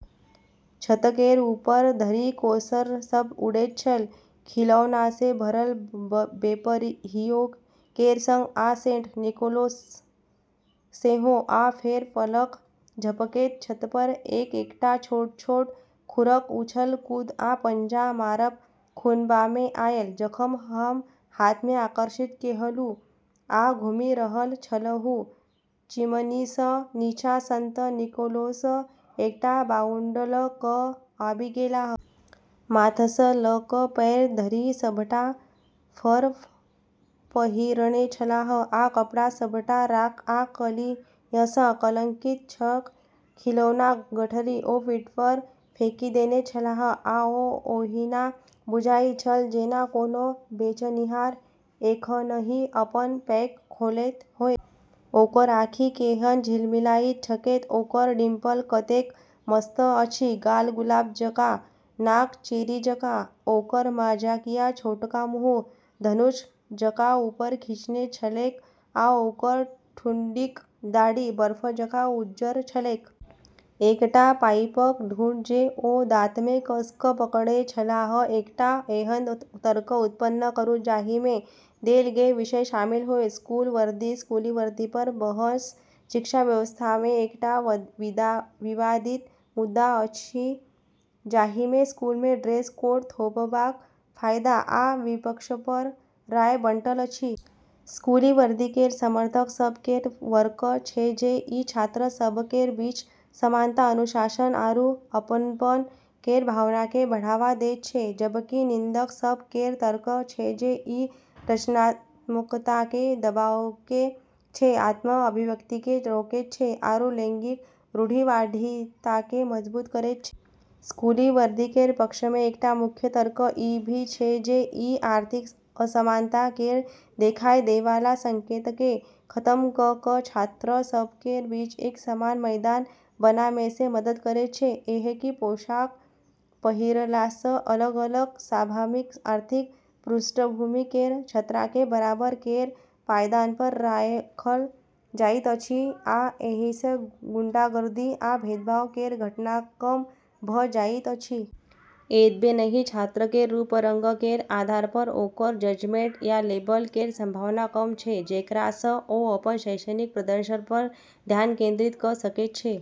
छत केर ऊपर धरि कोर्सर सभ उड़ैत छल, खिलौनासँ भरल बेपहियों केर संग, आ सेंट निकोलस सेहो। आ फेर पलक झपकैत छतपर एक-एकटा छोट-छोट खुरक उछल-कूद आ पंजा मारब सुनबामे आयल। जखन हम हाथमे आकर्षित केलहुँ, आ घुमि रहल छलहुँ, चिमनीसँ नीचाँ संत निकोलस एकटा बाउंड लऽ कऽ आबि गेलाह। माथसँ लऽ कऽ पैर धरि सभटा फर पहिरने छलाह, आ कपड़ा सभटा राख आ कालिखसँ कलंकित छल। खिलौनाक गठरी ओ पीठपर फेकि देने छलाह, आ ओ ओहिना बुझाइत छल जेना कोनो बेचनिहार एखनहि अपन पैक खोलैत होए। ओकर आँखि केहन झिलमिलाइत छलैक! ओकर डिंपल कतेक मस्त अछि! गाल गुलाब जकाँ, नाक चेरी जकाँ! ओकर मजाकिया छोटका मुँह धनुष जकाँ ऊपर खींचने छलैक, आ ओकर ठुड्डीक दाढ़ी बर्फ जकाँ उज्जर छलैक। एकटा पाइपक ठूंठ जे ओ दाँतमे कस कऽ पकड़ने छलाह। एकटा एहन तर्क उत्पन्न करू जाहिमे देल गेल विषय शामिल होए। स्कूल वर्दी: स्कूली वर्दीपर बहस शिक्षा व्यवस्थामे एकटा विवादित मुद्दा अछि, जाहिमे स्कूलमे ड्रेस कोड थोपबाक फायदा आ विपक्षपर राय बंटल अछि। स्कूली वर्दी केर समर्थक सभ केर तर्क छै जे ई छात्र सभ केर बीच समानता, अनुशासन आरू अपनपन केर भावनाकेँ बढ़ावा दैत छै, जबकि निंदक सभ केर तर्क छै जे ई रचनात्मकताकेँ दबाबैत छै, आत्म-अभिव्यक्तिकेँ रोकैत छै आरू लैंगिक रूढ़िवादिताकेँ मजबूत करैत छै। स्कूली वर्दी केर पक्षमे एकटा मुख्य तर्क ई भी छै जे ई आर्थिक असमानता केर देखाय दैवाला संकेतकेँ खतम कऽ कऽ छात्र सभ केर बीच एक समान मैदान बनाबैमे मदद करैत छै। एकहि पोशाक पहिरलासँ अलग-अलग सामाजिक-आर्थिक पृष्ठभूमि केर छात्रकेँ बराबर केर पायदानपर राखल जाइत अछि आ एहिसँ गुंडागर्दी आ भेदभाव केर घटना कम भऽ जाइत अछि। एतबे नहि, छात्र केर रूप-रंग केर आधारपर ओकर जजमेंट या लेबल केर संभावना कम छै, जेकरासँ ओ अपन शैक्षणिक प्रदर्शनपर ध्यान केंद्रित कऽ सकैत छै।